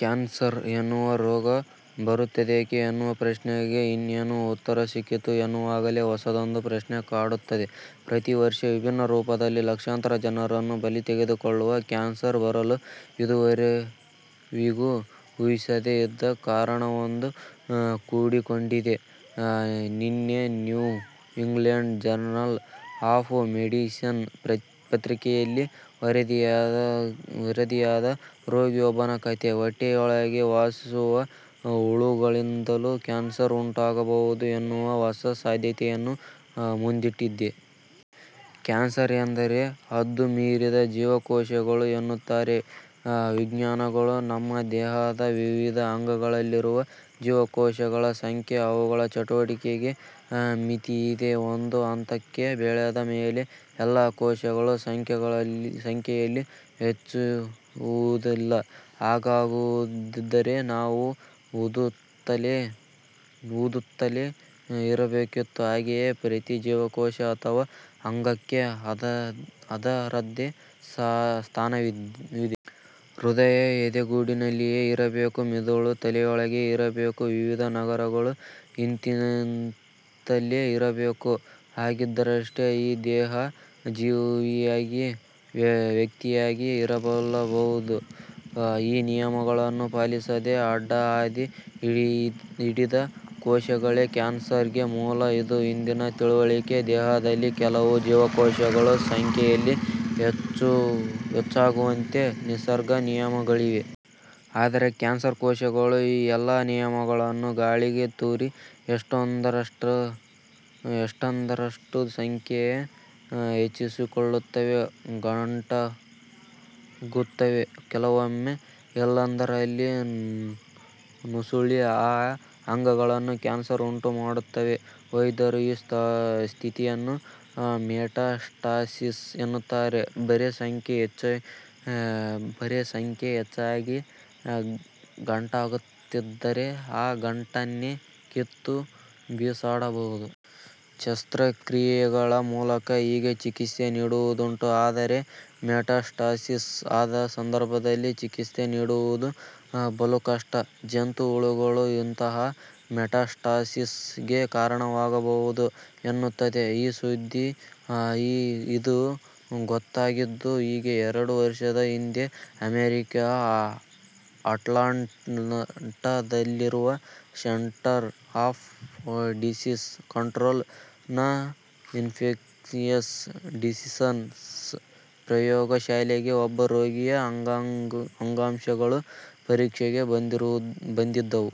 Cancer ಎನ್ನುವ ರೋಗ ಬರುತ್ತದೇಕೆ ಎನ್ನುವ ಪ್ರಶ್ನೆಗೆ ಇನ್ನೇನು ಉತ್ತರ ಸಿಕ್ಕಿತು ಎನ್ನುವಾಗಲೇ ಹೊಸದೊಂದು ಪ್ರಶ್ನೆ ಕಾಡುತ್ತದೆ. ಪ್ರತಿ ವರ್ಷ ವಿಭಿನ್ನ ರೂಪದಲ್ಲಿ ಲಕ್ಷಾಂತರ ಜನರನ್ನು ಬಲಿ ತೆಗೆದುಕೊಳ್ಳುವ ಕ್ಯಾನ್ಸರ್ ಬರಲು ಇದುವರೆವಿಗೂ ಊಹಿಸದೇ ಇದ್ದ ಕಾರಣವೊಂದು ಕೂಡಿಕೊಂಡಿದೆ. ನಿನ್ನೆ New England Journal of Medicine ಪತ್ರಿಕೆಯಲ್ಲಿ ವರದಿಯಾದ ರೋಗಿಯೊಬ್ಬನ ಕಥೆ ಹೊಟ್ಟೆಯೊಳಗೆ ವಾಸಿಸುವ ಹುಳುಗಳಿಂದಲೂ ಕ್ಯಾನ್ಸರ್ ಉಂಟಾಗಬಹುದು ಎನ್ನುವ ಹೊಸ ಸಾಧ್ಯತೆಯನ್ನು ಮುಂದಿಟ್ಟಿದೆ. ಕ್ಯಾನ್ಸರ್ ಎಂದರೆ ಹದ್ದು ಮೀರಿದ ಜೀವಕೋಶಗಳು ಎನ್ನುತ್ತಾರೆ ವಿಜ್ಞಾನಿಗಳು. ನಮ್ಮ ದೇಹದ ವಿವಿಧ ಅಂಗಗಳಲ್ಲಿರುವ ಜೀವಕೋಶಗಳ ಸಂಖ್ಯೆ, ಅವುಗಳ ಚಟುವಟಿಕೆಗೆ ಮಿತಿಯಿದೆ. ಒಂದು ಹಂತಕ್ಕೆ ಬೆಳೆದ ಮೇಲೆ ಎಲ್ಲ ಕೋಶಗಳೂ ಸಂಖ್ಯೆಯಲ್ಲಿ ಹೆಚ್ಚುವುದಿಲ್ಲ. ಹಾಗಾಗುವುದಿದ್ದರೆ ನಾವು ಊದುತ್ತಲೇ ಇರಬೇಕಿತ್ತು. ಹಾಗೆಯೇ ಪ್ರತಿ ಜೀವಕೋಶ ಅಥವಾ ಅಂಗಕ್ಕೆ ಅದರದ್ದೇ ಸ್ಥಾನವಿದೆ. ಹೃದಯ ಎದೆಗೂಡಿನಲ್ಲಿಯೇ ಇರಬೇಕು. ಮಿದುಳು ತಲೆಯೊಳಗೇ ಇರಬೇಕು. ವಿವಿಧ ನರಗಳು ಇಂತಿಂತಲ್ಲೇ ಇರಬೇಕು. ಹಾಗಿದ್ದರಷ್ಟೆ ಈ ದೇಹ ಜೀವಿಯಾಗಿ, ವ್ಯಕ್ತಿಯಾಗಿ ಇರಬಲ್ಲುದು. ಈ ನಿಯಮಗಳನ್ನು ಪಾಲಿಸದೆ ಅಡ್ಡಹಾದಿ ಹಿಡಿದ ಕೋಶಗಳೇ ಕ್ಯಾನ್ಸರ್ ಗೆ ಮೂಲ. ಇದು ಇಂದಿನ ತಿಳುವಳಿಕೆ. ದೇಹದಲ್ಲಿ ಕೆಲವೇ ಜೀವಕೋಶಗಳು ಸಂಖ್ಯೆಯಲ್ಲಿ ಹೆಚ್ಚಾಗುವಂತೆ ನಿಸರ್ಗ ನಿಯಮಗಳಿವೆ. ಆದರೆ ಕ್ಯಾನ್ಸರ್ ಕೋಶಗಳು ಈ ಎಲ್ಲ ನಿಯಮಗಳನ್ನೂ ಗಾಳಿಗೆ ತೂರಿ ಎಷ್ಟೆಂದರಷ್ಟು ಸಂಖ್ಯೆ ಹೆಚ್ಚಿಸಿಕೊಳ್ಳುತ್ತವೆ, ಗಂಟಾಗುತ್ತವೆ. ಕೆಲವೊಮ್ಮೆ ಎಲ್ಲೆಂದರಲ್ಲಿ ನುಸುಳಿ ಆ ಅಂಗಗಳಲ್ಲೂ ಕ್ಯಾನ್ಸರ್ ಉಂಟು ಮಾಡುತ್ತವೆ. ವೈದ್ಯರು ಈ ಸ್ಥಿತಿಯನ್ನು ಮೆಟಾಸ್ಟಾಸಿಸ್ ಎನ್ನುತ್ತಾರೆ. ಬರೇ ಸಂಖ್ಯೆ ಹೆಚ್ಚಾಗಿ ಗಂಟಾಗುತ್ತಿದ್ದರೆ, ಆ ಗಂಟನ್ನೇ ಕಿತ್ತು ಬಿಸಾಡಬಹುದು. ಶಸ್ತ್ರಕ್ರಿಯೆಗಳ ಮೂಲಕ ಹೀಗೆ ಚಿಕಿತ್ಸೆ ನೀಡುವುದುಂಟು. ಆದರೆ ಮೆಟಾಸ್ಟಾಸಿಸ್ ಆದ ಸಂದರ್ಭದಲ್ಲಿ ಚಿಕಿತ್ಸೆ ನೀಡುವುದು ಬಲು ಕಷ್ಟ. ಜಂತುಹುಳುಗಳೂ ಇಂತಹ ಮೆಟಾಸ್ಟಾಸಿಸ್ ಗೆ ಕಾರಣವಾಗಬಹುದು ಎನ್ನುತ್ತದೆ ಈ ಸುದ್ದಿ. ಇದು ಗೊತ್ತಾಗಿದ್ದು ಹೀಗೆ. ಎರಡು ವರ್ಷದ ಹಿಂದೆ, ಅಮೆರಿಕೆಯ ಅಟ್ಲಾಂಟಾದಲ್ಲಿರುವ ಸೆಂಟರ್ ಫಾರ್ ಡಿಸೀಸ್ ಕಂಟ್ರೋಲ್ ನ ಇನ್ಫೆಕ್ಶಿಯಸ್ ಡಿಸೀಸಸ್ ಪ್ರಯೋಗಶಾಲೆಗೆ ಒಬ್ಬ ರೋಗಿಯ ಅಂಗಾಂಶಗಳು ಪರೀಕ್ಷೆಗೆ ಬಂದಿದ್ದುವು.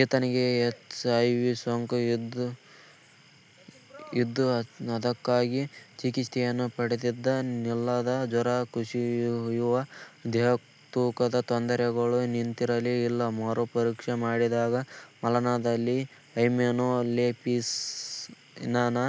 ಈತನಿಗೆ ಎಚ್ ಐ ವಿ. ಸೋಂಕು ಇದ್ದು ಅದಕ್ಕಾಗಿ ಚಿಕಿತ್ಸೆಯನ್ನೂ ಪಡೆದಿದ್ದ. ನಿಲ್ಲದ ಜ್ವರ, ಕುಸಿಯುವ ದೇಹತೂಕದ ತೊಂದರೆಗಳು ನಿಂತಿರಲೇ ಇಲ್ಲ. ಮರು ಪರೀಕ್ಷೆ ಮಾಡಿದಾಗ ಮಲದಲ್ಲಿ ಹೈಮೆನೋಲೆಪಿಸ್ ನಾನಾ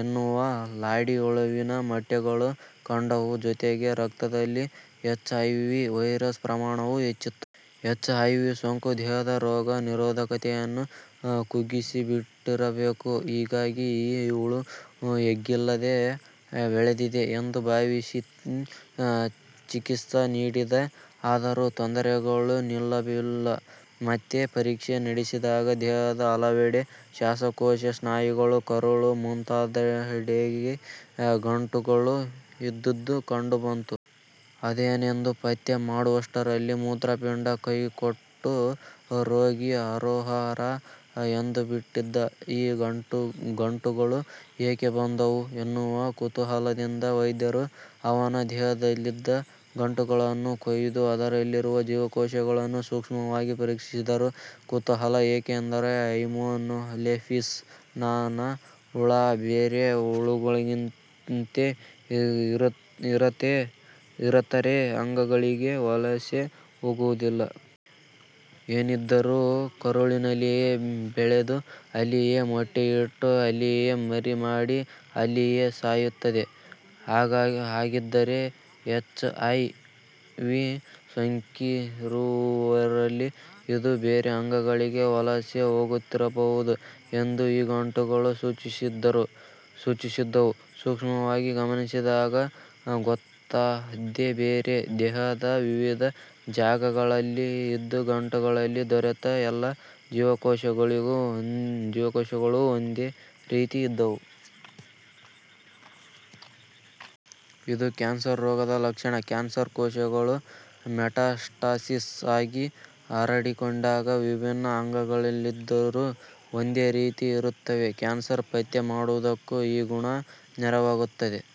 ಎನ್ನುವ ಲಾಡಿಹುಳುವಿನ ಮೊಟ್ಟೆಗಳು ಕಂಡುವು. ಜೊತೆಗೆ ರಕ್ತದಲ್ಲಿ ಎಚ್ ಐ ವಿ. ವೈರಸ್ ಪ್ರಮಾಣವೂ ಹೆಚ್ಚಿತ್ತು. H I V. ಸೋಂಕು ದೇಹದ ರೋಗ ನಿರೋಧಕತೆಯನ್ನು ಕುಗ್ಗಿಸಿಬಿಟ್ಟಿರಬೇಕು. ಹೀಗಾಗಿ ಈ ಹುಳು ಎಗ್ಗಿಲ್ಲದೆ ಬೆಳೆದಿದೆ ಎಂದು ಭಾವಿಸಿ ಚಿಕಿತ್ಸೆ ನೀಡಿದರು. ಆದರೂ ತೊಂದರೆಗಳು ನಿಲ್ಲಲಿಲ್ಲ. ಮತ್ತೆ ಪರೀಕ್ಷೆ ನಡೆಸಿದಾಗ ದೇಹದ ಹಲವೆಡೆ, ಶ್ವಾಸಕೋಶ, ಸ್ನಾಯುಗಳು, ಕರುಳು ಮುಂತಾದೆಡೆ ಗಂಟುಗಳು ಇದ್ದುದು ಕಂಡು ಬಂತು. ಅದೇನೆಂದು ಪತ್ತೆ ಮಾಡುವಷ್ಟರಲ್ಲಿ ಮೂತ್ರಪಿಂಡ ಕೈಕೊಟ್ಟು ರೋಗಿ ಹರೋಹರ ಎಂದುಬಟ್ಟಿದ್ದ. ಈ ಗಂಟುಗಳು ಏಕೆ ಬಂದುವು ಎನ್ನುವ ಕುತೂಹಲದಿಂದ ವೈದ್ಯರು ಅವನ ದೇಹದಲ್ಲಿದ್ದ ಗಂಟುಗಳನ್ನು ಕೊಯ್ದು ಅದರಲ್ಲಿದ್ದ ಜೀವಕೋಶಗಳನ್ನು ಸೂಕ್ಷ್ಮವಾಗಿ ಪರೀಕ್ಷಿಸಿದರು. ಕುತೂಹಲ ಏಕೆಂದರೆ ಹೈಮೆನೊಲೆಪಿಸ್ ನಾನಾ ಹುಳು ಬೇರೆ ಹುಳುಗಳಂತೆ ಇತರೆ ಅಂಗಗಳಿಗೆ ವಲಸೆ ಹೋಗುವುದಿಲ್ಲ. ಏನಿದ್ದರೂ ಕರುಳಿನಲ್ಲಿಯೇ ಬೆಳೆದು, ಅಲ್ಲಿಯೇ ಮೊಟ್ಟೆಯಿಟ್ಟು, ಅಲ್ಲಿಯೇ ಮರಿ ಮಾಡಿ, ಅಲ್ಲಿಯೇ ಸಾಯುತ್ತದೆ. ಹಾಗಿದ್ದರೆ ಎಚ್ ಐ ವಿ ಸೋಂಕಿರುವವರಲ್ಲಿ ಇದು ಬೇರೆ ಅಂಗಗಳಿಗೆ ವಲಸೆ ಹೋಗುತ್ತಿರಬಹುದು ಎಂದು ಈ ಗಂಟುಗಳು ಸೂಚಿಸಿದ್ದವು. ಸೂಕ್ಷ್ಮವಾಗಿ ಗಮನಿಸಿದಾಗ ಗೊತ್ತಾದ್ದೇ ಬೇರೆ. ದೇಹದ ವಿವಿಧ ಜಾಗಗಳಲ್ಲಿ ಇದ್ದ ಗಂಟುಗಳಲ್ಲಿ ದೊರೆತ ಎಲ್ಲ ಜೀವಕೋಶಗಳೂ ಒಂದೇ ರೀತಿ ಇದ್ದುವು. ಇದು ಕ್ಯಾನ್ಸರ್ ರೋಗದ ಲಕ್ಷಣ. ಕ್ಯಾನ್ಸರ್ ಕೋಶಗಳು ಮೆಟಾಸ್ಟಾಸಿಸ್ ಆಗಿ ಹರಡಿಕೊಂಡಾಗ ವಿಭಿನ್ನ ಅಂಗಗಳಲ್ಲಿದ್ದರೂ ಒಂದೇ ರೀತಿ ಇರುತ್ತವೆ. ಕ್ಯಾನ್ಸರ್ ಪತ್ತೆ ಮಾಡುವುದಕ್ಕೂ ಈ ಗುಣ ನೆರವಾಗುತ್ತದೆ.